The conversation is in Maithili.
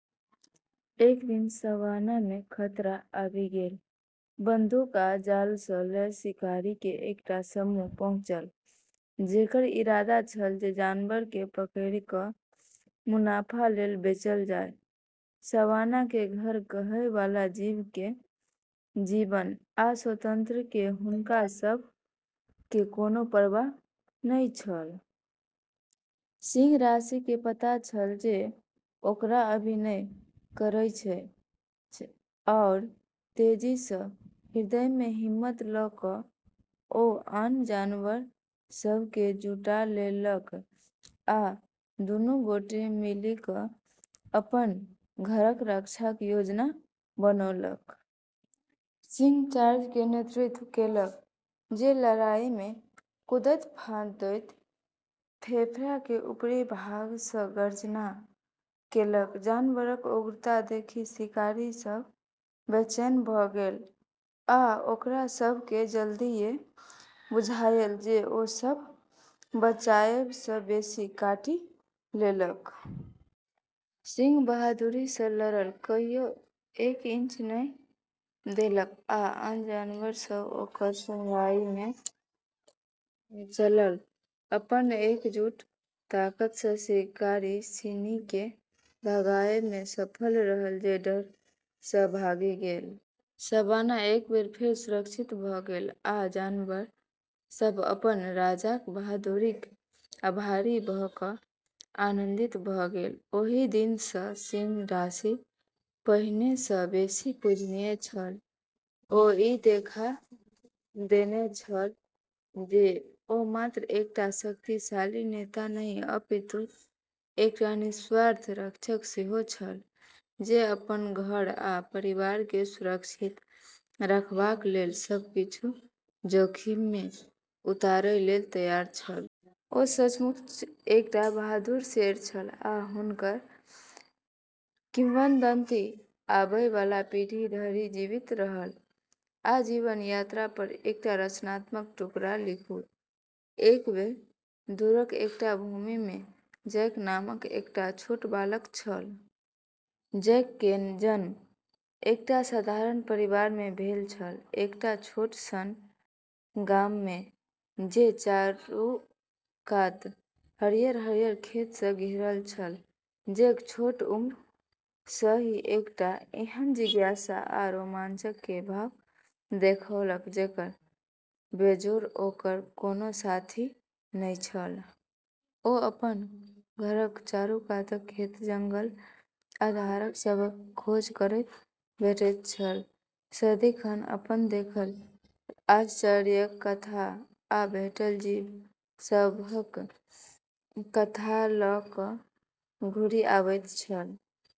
एक दिन सवाना मे खतरा आबि गेल। बंदूक आ जाल सँ लैस शिकारी के एकटा समूह पहुँचल, जेकर इरादा छल जे जानवर केँ पकड़ि क' मुनाफा लेल बेचल जाए। सवाना केँ घर कहय वाला जीव के जीवन आ स्वतंत्रता के हुनका सब के कोनो परवाह नहि छल। सिंह राशि केँ पता छल जे ओकरा अभिनय करय छै, आओर तेजी सँ। हृदय मे हिम्मत ल' क' ओ आन जानवर सभ केँ जुटा लेलक, आ दुनू गोटे मिलिक' अपन घरक रक्षाक योजना बनौलक। सिंह चार्ज के नेतृत्व केलक, जे लड़ाई मे कूदैत-फांदैत फेफड़ा के ऊपरी भाग सँ गर्जना केलक। जानवरक उग्रता देखि शिकारी सभ बेचैन भ' गेल, आ ओकरा सभ केँ जल्दिये बुझायल जे ओ सभ चबाएब सँ बेसी काटि लेलक। सिंह बहादुरी सँ लड़ल, कहियो एक इंच नहि देलक, आ आन जानवर सभ ओकर अगुवाई मे चलल। अपन एकजुट ताकत सँ शिकारी सिनी केँ भगाएब मे सफल रहल, जे डर सँ भागि गेल। सवाना एक बेर फेर सुरक्षित भ' गेल, आ जानवर सभ अपन राजाक बहादुरीक आभारी भ' क' आनन्दित भ' गेल। ओहि दिन सँ सिंह राशि पहिने सँ बेसी पूजनीय छल। ओ ई देखा देने छल जे ओ मात्र एकटा शक्तिशाली नेता नहि, अपितु एकटा निस्वार्थ रक्षक सेहो छल, जे अपन घर आ परिवार केँ सुरक्षित रखबाक लेल सब किछु जोखिम मे उतारय लेल तैयार छल। ओ सचमुच एकटा बहादुर शेर छल, आ हुनकर किंवदंती आबय बला पीढ़ी धरि जीवित रहल। आजीवन यात्रा पर एकटा रचनात्मक टुकड़ा लिखू। एक बेर दूरक एकटा भूमि मे जैक नामक एकटा छोट बालक छल। जैक के जन्म एकटा साधारण परिवार मे भेल छल, एकटा छोट सन गाम मे जे चारू कात हरियर-हरियर खेत सँ घेरल छल। जैक छोट उम्र सँ ही एकटा एहन जिज्ञासा आ रोमांच के भाव देखौलक जेकर बेजोड़ ओकर कोनो साथी के नहि छल। ओ प्रायः अपन घरक चारूकातक खेत, जंगल आ धार सभक खोज करैत भेटैत छल, सदिखन अपन देखल आश्चर्यक कथा, आ भेटल जीव सभक कथा ल' क' घुरि अबैत छल।